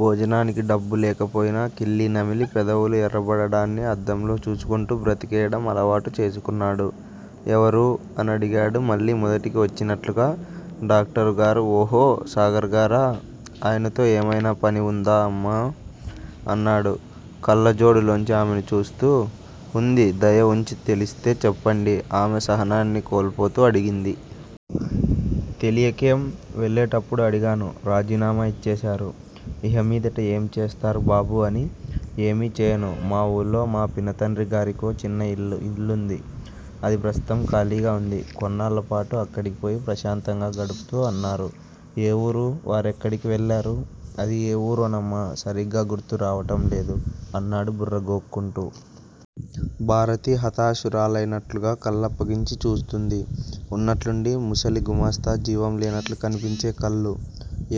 భోజనానికి డబ్బు లేకపోయినా కిళ్ళీ నమిలి పెదవులు ఎర్రబడడాన్ని అద్దంలో చూసుకుంటూ బతికేయడం అలవాటు చేసుకున్నాడు. ఎవరు? అనడిగాడు మళ్ళీ మొదటికి వచ్చినట్లుగా. డాక్టరుగారు ఓహో! సాగర్ గారా? ఆయనతో ఏమయినా పని ఉందా, అమ్మా? అన్నాడు కళ్ళజోడులోంచి ఆమెను చూస్తూ. ఉంది దయ ఉంచి తెలిస్తే చెప్పండి ఆమె సహనాన్ని కోల్పోతూ అడిగింది. తెలియకేం? వెళ్ళేటప్పుడు అడిగాను. రాజీనామా ఇచ్చేశారు! ఇహమీదట ఏం చేస్తారు బాబూ అని. 'ఏమీ చెయ్యను! మా వూళో మా పినతండ్రిగారికో చిన్న ఇల్లు ఇల్లుంది. అది ప్రస్తుతం ఖాళీగా వుంది. కొన్నాళ్ళపాటూ అక్కడికిపోయి ప్రశాంతంగా గడుపుతా' అన్నారు. ఏ వూరు? వారెక్కడికి వెళ్ళారు? అదీ ఏ వూరోనమ్మా సరిగ్గా గుర్తురావటంలేదు అన్నాడు బుర్ర గోక్కుంటూ. భారతి హతాశురాలైనట్లుగా కళ్ళప్పగించి చూస్తూంది. ఉన్నట్లుండి ముసలి గుమాస్తా జీవం లేనట్లు కనిపించే కళ్ళు.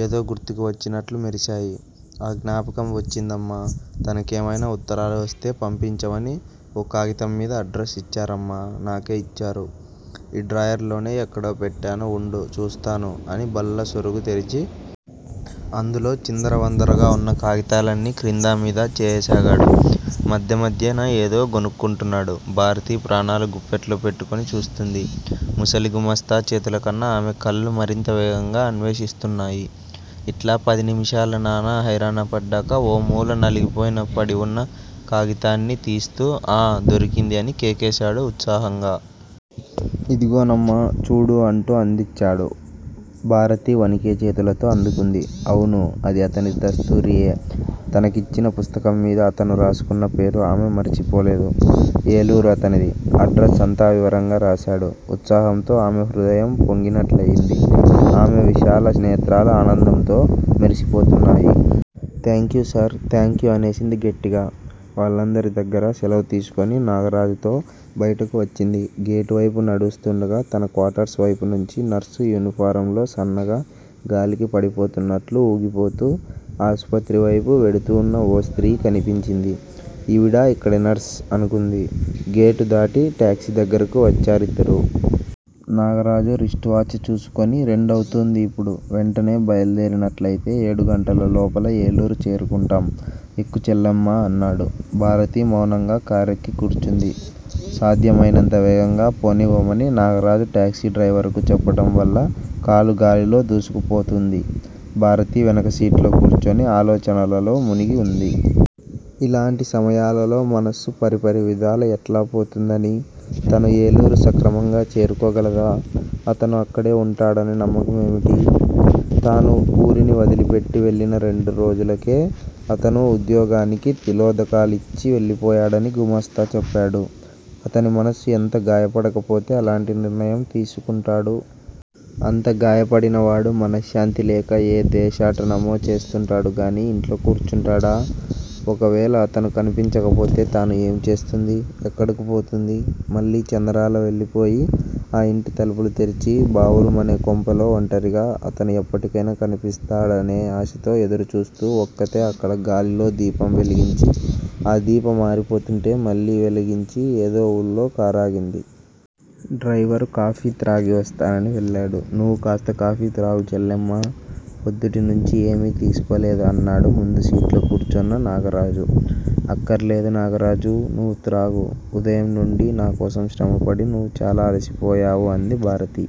ఏదో గుర్తుకువచ్చినట్లు మెరిశాయి. ఆఁ జ్ఞాపకం వచ్చిందమ్మా తనకేమైనా ఉత్తరాలు వస్తే పంపించమని ఓ కాగితంమీద అడ్రస్ ఇచ్చారమ్మా నాకే ఇచ్చారు. ఈ డ్రాయరులోనే ఎక్కడో పెట్టాను ఉండు చూస్తాను అని బల్ల సొరుగు తెరిచి. అందులో చిందరవందరగా ఉన్న కాగితాలన్నీ క్రిందా మీదా చేయసాగాడు. మధ్య మధ్యన యేదో గొణుక్కుంటున్నాడు. భారతి ప్రాణాలు గుప్పెట్లో పెట్టుకుని చూస్తూంది. ముసలి గుమాస్తా చేతులకన్నా ఆమె కళ్ళు మరింత వేగంగా అన్వేషిస్తున్నాయి. ఇట్లా పది నిమిషాలు నానా హైరానా పడ్డాక. ఓ మూల నలిగిపోయిన పడివున్న కాగితాన్ని తీస్తూ ఆఁ, దొరికింది అని కేకేశాడు ఉత్సాహంగా. ఇదిగోనమ్మా! చూడు అంటూ అందిచ్చాడు. భారతి వణికే చేతులతో అందుకుంది. అవును, అది అతని దస్తూరీయే! తనకిచ్చిన పుస్తకంమీద అతను రాసుకున్న పేరు ఆమె మరిచిపోలేదు. ఏలూరు అతనిది. అడ్రస్ అంతా వివరంగా రాశాడు. ఉత్సాహంతో ఆమె హృదయం పొంగినట్లయింది. ఆమె విశాల నేత్రాలు ఆనందంతో మెరిసిపోతున్నాయి. థాంక్యూ సర్ థాంక్యూ అనేసింది గట్టిగా. వాళ్ళందరి దగ్గరా సెలవు తీసుకుని నాగరాజుతో బయటకు వచ్చింది. గేటువైపు నడుస్తూండగా తన క్వార్టర్స్ వైపునుంచి నర్సు యూనిఫారంలో సన్నగా, గాలికి పడిపోతున్నట్లు వూగిపోతూ. ఆసుపత్రివైపు వెడుతూన్న ఓ స్త్రీ కనిపించింది. ఈవిడా ఇక్కడి నర్స్? అనుకుంది. గేటు దాటి టాక్సీ దగ్గరకు వచ్చారిద్దరూ. నాగరాజు రిస్ట్ వాచ్ చూసుకోని, రెండవుతూంది ఇప్పుడు. వెంటనే బయల్దేరినట్లయితే ఏడుగంటల లోపుల ఏలూరు చేరుకుంటాం. ఎక్కు చెల్లెమ్మా అన్నాడు. భారతి మౌనంగా కారెక్కి కూర్చుంది. సాధ్యమైనంత వేగంగా పోనివ్వమని నాగరాజు టాక్సీ డ్రైవరుకు చెప్పడం వల్ల కారు గాలిలో దూసుకుపోతూంది. భారతి వెనక సీట్లో కూర్చుని ఆలోచనలలో మునిగి ఉంది. ఇలాంటి సమయాలలో మనస్సు పరిపరివిధాల ఎట్లా పోతుందని!!! తను ఏలూరు సక్రమంగా చేరుకోగలదా? అతను అక్కడే వుంటాడని నమ్మకమేమిటి? తాను ఊరిని వదిలిపెట్టి వెళ్ళిన రెండు రోజులకే అతనూ ఉద్యోగానికి తిలోదకాలిచ్చి వెళ్ళిపోయాడని గుమాస్తా చెప్పాడు. అతని మనసు ఎంత గాయపడకపోతే అలాంటి నిర్ణయం తీసుకుంటాడు! అంత గాయపడినవాడు, మనశ్శాంతి లేక ఏ దేశాటనమో చేస్తూంటాడు గానీ ఇంట్లో కూర్చుంటాడా? ఒకవేళ అతను కనిపించకపోతే తాను ఏం చేస్తుంది? ఎక్కడకు పోతుంది? మళ్ళీ చందరాల వెళ్ళిపోయి, ఆ ఇంటి తలుపులు తెరిచి బావురుమనే కొంపలో ఒంటరిగా, అతను ఎప్పటికైనా కనిపిస్తాడనే ఆశతో ఎదురు చూస్తూ ఒక్కతే అక్కడ గాలిలో దీపం వెలిగించి, ఆ దీపం ఆరిపోతుంటే మళ్ళీ వెలిగించి ఏదో ఊళ్లో కారాగింది. డ్రైవరు కాఫీ త్రాగి వస్తానని వెళ్ళాడు. నువ్వు కాస్త కాఫీ త్రాగు చెల్లెమ్మా. పొద్దుటినుంచీ ఏమీ తీసుకోలేదు అన్నాడు ముందుసీట్లో కూర్చున్న నాగరాజు. అక్కర్లేదు నాగరాజూ! నువ్వు త్రాగు. ఉదయం నుండీ నా కోసం శ్రమపడి, నువ్వు చాలా అలిసిపోయావు అంది భారతి